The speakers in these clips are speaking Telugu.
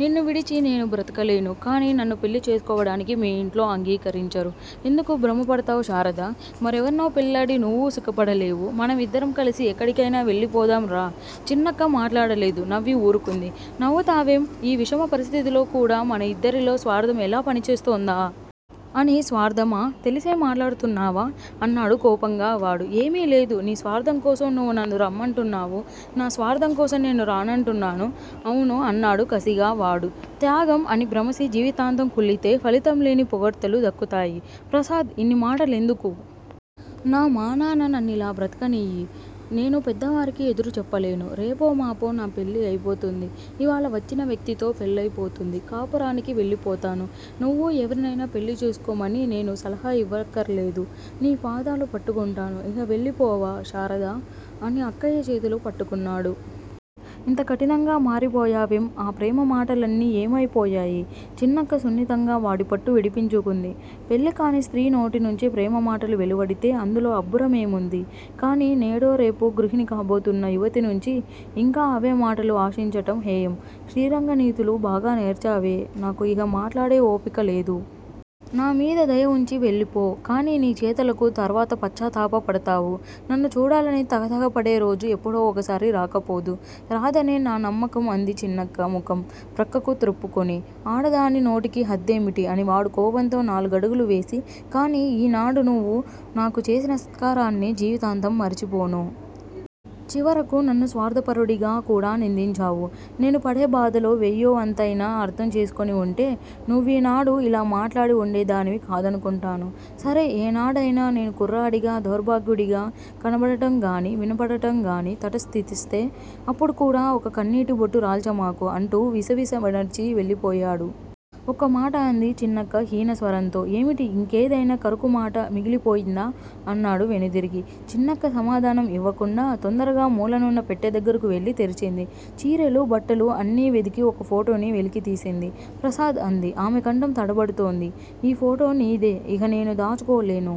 నిన్ను విడిచి నేను బ్రతకలేను. కానీ నన్ను పెళ్ళి చేసుకోవడానికి మీ ఇంట్లో అంగీకరించరు. ఎందుకు భ్రమపడతావ్ శారదా? మరెవర్నో పెళ్ళాడి నువ్వూ సుఖపడలేవు. మనమిద్దరం కలిసి ఎక్కడికైనా వెళ్ళిపోదాం రా! చిన్నక్క మాట్లాడలేదు. నవ్వి ఊరుకుంది. నవ్వుతావేం? ఈ విషమ పరిస్థితిలో కూడా మన ఇద్దరిలో స్వార్ధం ఎలా పనిచేస్తోందా? అని. స్వార్ధమా? తెలిసే మాట్లాడుతున్నావా? అన్నాడు కోపంగా వాడు. ఏమీలేదు, నీ స్వార్థంకోసం నువ్వు నన్ను రమ్మంటున్నావు. నా స్వార్ధం కోసం నేను రానంటున్నాను అవును అన్నాడు కసిగా వాడు. త్యాగం అని భ్రమసి జీవితాంతం కుళ్ళితే ఫలితంలేని పొగడ్తలు దక్కుతాయి. ప్రసాద్! ఇన్ని మాటలెందుకు? నా మానాన నన్నిలా బ్రతకనియ్యి. నేను పెద్దవారికి ఎదురుచెప్పలేను. రేపో మాపో నా పెళ్ళి అయిపోతుంది. ఇవాళ వచ్చినవ్యక్తితో పెళ్ళయిపోతుంది. కాపురానికి వెళ్ళిపోతాను. నువ్వూ ఎవరినైనా పెళ్ళి చేసుకోమని నేను సలహా ఇవ్వక్కరలేదు. నీ పాదాలు పట్టుకుంటాను. ఇహ వెళ్ళిపోవా? శారదా! అని అక్కయ్య చేతులు పట్టుకున్నాడు. ఇంత కఠినంగా మారిపోయావేం? ఆ ప్రేమమాటలన్నీ ఏమయిపోయాయి? చిన్నక్క సున్నితంగా వాడిపట్టు విడిపించుకుంది. పెళ్ళికాని స్త్రీ నోటినుంచి ప్రేమ మాటలు వెలువడితే అందులో అబ్బురమేముంది? కానీ నేడో రేపో గృహిణి కాబోతున్న యువతినుంచి ఇంకా అవే మాటలు ఆశించటం హేయం. శ్రీరంగనీతులు బాగా నేర్చావే? నాకు ఇహ మాట్లాడే ఓపికలేదు. నామీద దయ వుంచి వెళ్లిపో! కానీ నీ చేతలకు తర్వాత పశ్చాత్తాపపడతావు. నన్ను చూడాలని తహ తహ పడేరోజు ఎప్పుడో ఒకసారి రాకపోదు. రాదనే నా నమ్మకం అంది చిన్నక్క ముఖం ప్రక్కకు త్రుప్పుకుని. ఆడదాని నోటికి హద్దేమిటి? అని వాడు కోపంతో నాలుగడుగులు వేసి కానీ ఈనాడు నువ్వు నాకు చేసిన సత్కారాన్ని జీవితాంతం మరచిపోను. చివరకు నన్ను స్వార్ధపరుడిగా కూడా నిందించావు. నేను పడే బాధలో వెయ్యో వంతయినా అర్ధం చేసుకునివుంటే నువ్వీనాడు ఇలా మాట్లాడి వుండేదానివి కాదనుకుంటాను. సరే! ఏనాడైనా నేను కుర్రాడిగా, దౌర్భాగ్యుడిగా కనబడటంగానీ, వినబడటంగానీ తటస్థిస్తే అప్పుడుకూడా ఒక కన్నీటిబొట్టు రాల్చమాకు అంటూ విసవిస నడిచి వెళ్ళిపోయాడు. ఒక్కమాట అంది చిన్నక్క హీనస్వరంతో. ఏమిటి? ఇంకేదైనా కరుకుమాట మిగిలిపోయిందా? అన్నాడు వెనుదిరిగి. చిన్నక్క సమాధానం ఇవ్వకుండా, తొందరగా మూలనున్న పెట్టెదగ్గరకు వెళ్ళి తెరిచింది. చీరెలు, బట్టలు అన్నీ వెదికి ఒక ఫోటోని వెలికితీసింది. ప్రసాద్! అంది. ఆమెకంఠం తడబడుతోంది. ఈ ఫోటో నీదే. ఇహ నేను దాచుకోలేను.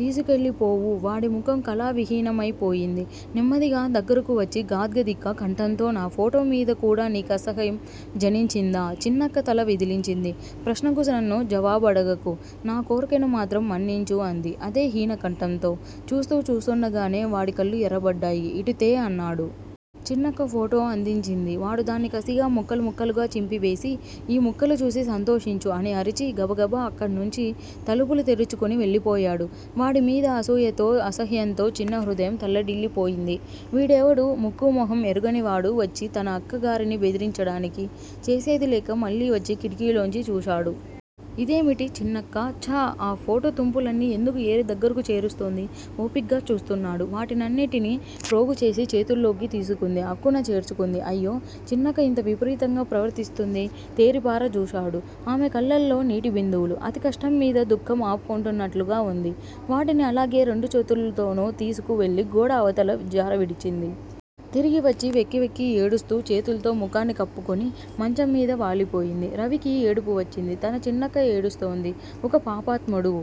తీసుకెళ్ళిపోవూ! వాడిముఖం కళావిహీనమైపోయింది. నెమ్మదిగా దగ్గరకు వచ్చి గాద్గదిక కంఠంతో నా ఫోటోమీద కూడా నీకసహ్యం జనించిందా? చిన్నక్క తల విదిలించింది. ప్రశ్నకు నన్ను జవాబడగకు. నాకోర్కెను మాత్రం మన్నించు అంది, అదే హీనకంఠంతో. చూస్తూ చూస్తుండగానే వాడి కళ్ళు ఎర్రబడ్డాయి. ఇటు తే అన్నాడు. చిన్నక్క ఫోటో అందించింది. వాడు దాన్ని కసిగా ముక్కలు ముక్కలుగా చింపివేసి, ఈ ముక్కలుచూసి సంతోషించు అని అరిచి గబగబ అక్కడ్నుంచి తలుపులు తెరుచుకుని వెళ్ళిపోయాడు. వాడిమీద అసూయతో, అసహ్యంతో చిన్నహృదయం తల్లడిల్లిపోయింది. వీడెవడు? ముక్కూ మొహం ఎరుగనివాడు వచ్చి తన అక్కగారిని బెదిరించడానికి? చేసేదిలేక మళ్ళీవచ్చి కిటికీలోంచి చూశాడు. ఇదేమిటి, చిన్నక్క? ఛ! ఆ ఫోటో తుంపులన్నీ ఎందుకు ఏరి దగ్గరకు చేరుస్తోంది? ఓపిగ్గా చూస్తున్నాడు. వాటినన్నిటినీ ప్రోగుచేసి చేతుల్లోకి తీసుకుంది. అక్కున చేర్చుకుంది. అయ్యో! చిన్నక్క ఇంత విపరీతంగా ప్రవర్తిస్తుందే? తేరిపారజూశాడు. ఆమె కళ్ళల్లో నీటిబిందువులు. అతికష్టంమీద దుఃఖం ఆపుకుంటున్నట్లుగా వుంది. వాటిని అలాగే రెండు చేతుల్తోనూ తీసుకు వెళ్ళి గోడ అవతల జారవిడిచింది. తిరిగివచ్చి వెక్కి వెక్కి ఏడుస్తూ చేతుల్తో ముఖాన్ని కప్పుకుని మంచంమీద వాలిపోయింది. రవికి ఏడుపు వచ్చింది. తన చిన్నక్క ఏడుస్తోంది. ఒక పాపాత్ముడు